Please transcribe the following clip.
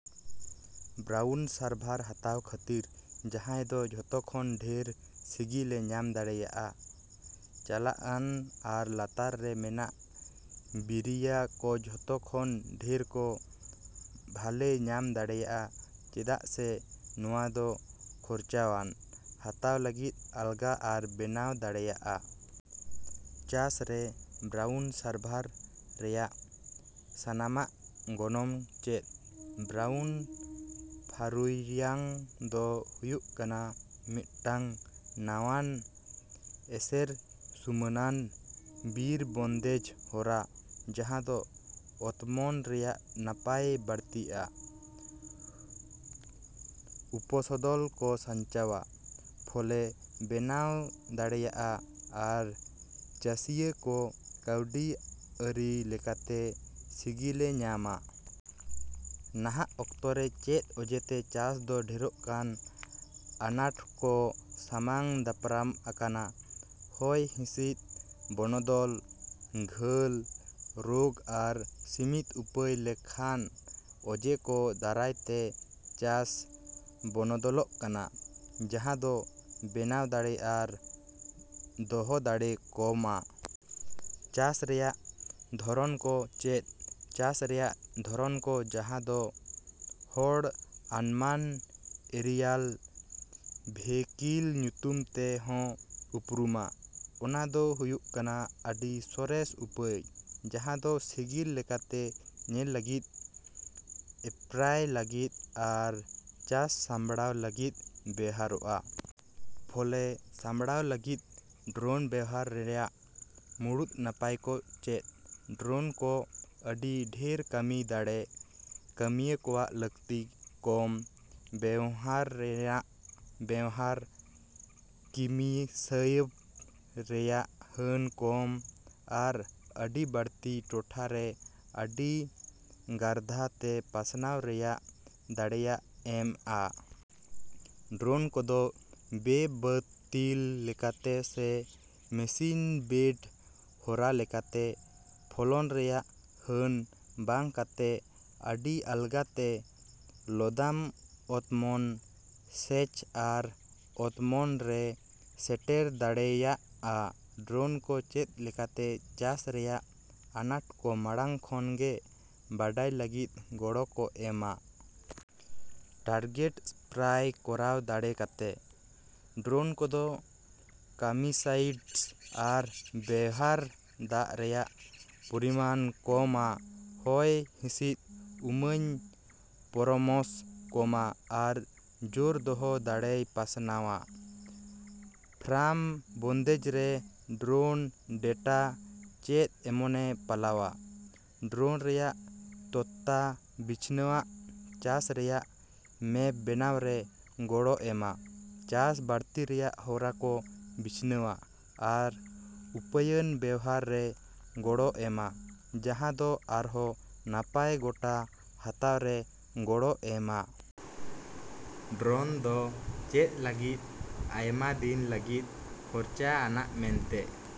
Brown ᱥᱟᱨᱵᱷᱟᱨ ᱦᱟᱛᱟᱣ ᱠᱷᱟᱹᱛᱤᱨ ᱡᱟᱦᱟᱸᱭ ᱫᱚ ᱡᱚᱛᱚ ᱠᱷᱚᱱ ᱰᱷᱮᱨ ᱥᱤᱜᱤᱞ ᱮ ᱧᱟᱢ ᱫᱟᱲᱮᱭᱟᱜᱼᱟ? ᱪᱟᱞᱟᱜᱼᱟᱱ ᱟᱨ ᱞᱟᱛᱟᱨ ᱨᱮ ᱢᱮᱱᱟᱜ ᱵᱤᱨᱤᱭᱟᱹ ᱠᱚ ᱡᱚᱛᱚ ᱠᱷᱚᱱ ᱰᱷᱮᱨ ᱠᱚ ᱵᱷᱟᱞᱮ ᱧᱟᱢ ᱫᱟᱲᱮᱭᱟᱜᱼᱟ ᱪᱮᱫᱟᱜ ᱥᱮ ᱱᱚᱶᱟ ᱫᱚ ᱠᱷᱚᱨᱪᱟᱼᱟᱱ, ᱦᱟᱛᱟᱣ ᱞᱟᱹᱜᱤᱫ ᱟᱞᱜᱟ ᱟᱨ ᱵᱮᱱᱟᱣ ᱫᱟᱲᱮᱹᱭᱟᱜᱼᱟ᱾ ᱪᱟᱥ ᱨᱮ ᱵᱨᱟᱣᱩᱱ ᱥᱟᱨᱵᱷᱟᱨ ᱨᱮᱭᱟᱜ ᱥᱟᱱᱟᱢᱟᱜ ᱜᱚᱱᱚᱝ ᱪᱮᱫ? ᱵᱨᱟᱣᱩᱱ ᱯᱷᱟᱨᱩᱭᱟᱝ ᱫᱚ ᱦᱩᱭᱩᱜ ᱠᱟᱱᱟ ᱢᱤᱫᱴᱟᱝ ᱱᱟᱶᱟᱱ, ᱮᱥᱮᱨᱼᱥᱩᱢᱟᱹᱱᱟᱱ ᱵᱤᱨ ᱵᱚᱱᱫᱮᱡ ᱦᱚᱨᱟ ᱡᱟᱦᱟᱸ ᱫᱚ ᱚᱛᱢᱚᱱ ᱨᱮᱭᱟᱜ ᱱᱟᱯᱟᱭ ᱵᱟᱹᱲᱛᱤᱜᱼᱟ, ᱩᱯᱚᱥᱚᱫᱚᱞ ᱠᱚ ᱥᱟᱧᱪᱟᱣᱼᱟ, ᱯᱷᱚᱞᱮ ᱵᱮᱱᱟᱣ ᱫᱟᱲᱮᱹᱭᱟᱜᱼᱟ ᱟᱨ ᱪᱟᱥᱤᱭᱟᱹ ᱠᱚ ᱠᱟᱹᱣᱰᱤ ᱟᱹᱨᱤ ᱞᱮᱠᱟᱛᱮ ᱥᱤᱜᱤᱞᱮ ᱧᱟᱢᱼᱟ᱾ ᱱᱟᱦᱟᱜ ᱚᱠᱛᱚ ᱨᱮ ᱪᱮᱫ ᱚᱡᱮᱛᱮ ᱪᱟᱥ ᱫᱚ ᱰᱷᱮᱨᱚᱜ ᱠᱟᱱ ᱟᱱᱟᱴ ᱠᱚ ᱥᱟᱢᱟᱝ ᱫᱟᱯᱨᱟᱢ ᱟᱠᱟᱱᱟ? ᱦᱚᱭ ᱦᱤᱥᱤᱫ ᱵᱚᱱᱚᱫᱚᱞ, ᱜᱷᱟᱹᱞ, ᱨᱳᱜᱽ ᱟᱨ ᱥᱤᱢᱤᱛ ᱩᱯᱟᱹᱭ ᱞᱮᱠᱷᱟᱱ ᱚᱡᱮ ᱠᱚ ᱫᱟᱨᱟᱭ ᱛᱮ ᱪᱟᱥ ᱵᱚᱱᱚᱫᱚᱞᱚᱜ ᱠᱟᱱᱟ, ᱡᱟᱦᱟᱸ ᱫᱚ ᱵᱮᱱᱟᱣ ᱫᱟᱲᱮ ᱟᱨ ᱫᱚᱦᱚ ᱫᱟᱲᱮ ᱠᱚᱢᱼᱟ᱾ ᱪᱟᱥ ᱨᱮᱭᱟᱜ ᱫᱷᱚᱨᱚᱱ ᱠᱚ ᱪᱮᱫ? ᱪᱟᱥ ᱨᱮᱭᱟᱜ ᱫᱷᱚᱨᱚᱱ ᱠᱚ, ᱡᱟᱦᱟᱸ ᱫᱚ ᱦᱚᱲ ᱟᱱᱢᱟᱱ ᱮᱨᱤᱭᱟᱞ ᱵᱷᱤᱠᱮᱞ ᱧᱩᱛᱩᱢ ᱛᱮ ᱦᱚᱸ ᱩᱯᱨᱩᱢᱟ, ᱚᱱᱟ ᱫᱚ ᱦᱩᱭᱩᱜ ᱠᱟᱱᱟ ᱟᱹᱰᱤ ᱥᱚᱨᱮᱥ ᱩᱯᱟᱹᱭ ᱡᱟᱦᱟᱸ ᱫᱚ ᱥᱤᱜᱤᱞ ᱞᱮᱠᱟᱛᱮ ᱧᱮᱞ ᱞᱟᱹᱜᱤᱫ, ᱮᱥᱯᱨᱟᱭ ᱞᱟᱹᱜᱤᱫ ᱟᱨ ᱪᱟᱥ ᱥᱟᱢᱲᱟᱣ ᱞᱟᱹᱜᱤᱫ ᱵᱮᱣᱦᱟᱨᱚᱜᱼᱟ᱾ ᱯᱷᱚᱞᱮ ᱥᱟᱢᱲᱟᱣ ᱞᱟᱹᱜᱤᱫ ᱰᱨᱚᱱ ᱵᱮᱣᱦᱟᱨ ᱨᱮᱭᱟᱜ ᱢᱩᱲᱩᱫ ᱱᱟᱯᱟᱭ ᱠᱚ ᱪᱮᱫ? ᱰᱨᱚᱱ ᱠᱚ ᱟᱹᱰᱤ ᱰᱷᱮᱨ ᱠᱟᱹᱢᱤ ᱫᱟᱲᱮ, ᱠᱟᱹᱢᱤᱭᱟᱹ ᱠᱚᱣᱟᱜ ᱞᱟᱹᱠᱛᱤ ᱠᱚᱢ, ᱵᱮᱶᱦᱟᱨ ᱨᱮᱭᱟᱜ ᱵᱮᱶᱦᱟᱨ, ᱠᱤᱢᱤᱥᱟᱭᱰ ᱨᱮᱭᱟᱜ ᱦᱟᱹᱱ ᱠᱚᱢ ᱟᱨ ᱟᱹᱰᱤ ᱵᱟᱹᱲᱛᱤ ᱴᱚᱴᱷᱟ ᱨᱮ ᱟᱹᱰᱤ ᱜᱟᱹᱨᱫᱷᱟᱹᱛᱮ ᱯᱟᱥᱱᱟᱣ ᱨᱮᱭᱟᱜ ᱫᱟᱲᱮᱭ ᱮᱢᱼᱟ᱾ ᱰᱨᱚᱱ ᱠᱚᱫᱚ ᱵᱮᱼᱵᱟᱹᱛᱤᱞ ᱞᱮᱠᱟᱛᱮ ᱥᱮ ᱢᱮᱥᱤᱱᱼᱵᱮᱹᱰ ᱦᱚᱨᱟ ᱞᱮᱠᱟᱛᱮ, ᱯᱷᱚᱞᱚᱱ ᱨᱮᱭᱟᱜ ᱦᱟᱹᱱ ᱵᱟᱝ ᱠᱟᱛᱮ ᱟᱹᱰᱤ ᱟᱞᱜᱟᱛᱮ ᱞᱚᱫᱟᱢ ᱚᱛᱢᱚᱱ, ᱥᱮᱪ ᱟᱨ ᱚᱛᱢᱚᱱ ᱨᱮ ᱥᱮᱴᱮᱨ ᱫᱟᱲᱮᱹᱭᱟᱜᱼᱟ᱾ ᱰᱨᱚᱱ ᱠᱚ ᱪᱮᱫ ᱞᱮᱠᱟᱛᱮ ᱪᱟᱥ ᱨᱮᱭᱟᱜ ᱟᱱᱟᱴ ᱠᱚ ᱢᱟᱲᱟᱝ ᱠᱷᱚᱱ ᱜᱮ ᱵᱟᱰᱟᱭ ᱞᱟᱹᱜᱤᱫ ᱜᱚᱲᱚ ᱠᱚ ᱮᱢᱼᱟ? ᱴᱟᱨᱜᱮᱴ ᱥᱯᱨᱟᱭ ᱠᱚᱨᱟᱣ ᱫᱟᱲᱮ ᱠᱟᱛᱮ, ᱰᱨᱚᱱ ᱠᱚᱫᱚ ᱠᱟᱹᱢᱤᱥᱟᱭᱰᱤᱥ ᱟᱨ ᱵᱮᱣᱦᱟᱨ ᱫᱟᱜ ᱨᱮᱭᱟᱜ ᱯᱚᱨᱤᱢᱟᱱ ᱠᱚᱢᱼᱟ, ᱦᱚᱭ ᱦᱤᱥᱤᱫ ᱩᱢᱟᱹᱧ ᱯᱚᱨᱟᱢᱚᱥ ᱠᱚᱢᱼᱟ ᱟᱨ ᱡᱳᱨ ᱫᱚᱦᱚ ᱫᱟᱲᱮᱭ ᱯᱟᱥᱱᱟᱣᱼᱟ᱾ ᱯᱷᱟᱢ ᱵᱚᱱᱫᱮᱡ ᱨᱮ ᱰᱨᱚᱱ ᱰᱮᱴᱟ ᱪᱮᱫ ᱮᱱᱮᱢᱮ ᱯᱟᱞᱟᱣᱼᱟ? ᱰᱨᱚᱱ ᱨᱮᱭᱟᱜ ᱛᱚᱛᱛᱟ ᱵᱤᱪᱷᱱᱟᱣᱟᱱᱟᱜ ᱪᱟᱥ ᱨᱮᱭᱟᱜ ᱢᱮᱯ ᱵᱮᱱᱟᱣ ᱨᱮ ᱜᱚᱲᱚ ᱮᱢᱼᱟ, ᱪᱟᱥ ᱵᱟᱹᱲᱛᱤ ᱨᱮᱭᱟᱜ ᱦᱚᱨᱟ ᱠᱚ ᱵᱤᱪᱷᱱᱟᱣᱟ ᱟᱨ ᱩᱯᱟᱹᱭᱟᱱ ᱵᱮᱣᱦᱟᱨ ᱨᱮ ᱜᱚᱲᱚ ᱮᱢᱼᱟ, ᱡᱟᱦᱟᱸ ᱫᱚ ᱟᱨᱦᱚᱸ ᱱᱟᱯᱟᱭ ᱜᱚᱴᱟ ᱦᱟᱛᱟᱣ ᱨᱮ ᱜᱚᱲᱚ ᱮᱢᱼᱟ᱾ ᱰᱨᱚᱱ ᱫᱚ ᱪᱮᱫ ᱞᱟᱹᱜᱤᱫ ᱟᱭᱢᱟ ᱫᱤᱱ ᱞᱟᱹᱜᱤᱫ ᱠᱷᱚᱨᱪᱟ ᱟᱱᱟᱜ ᱢᱮᱱᱛᱮ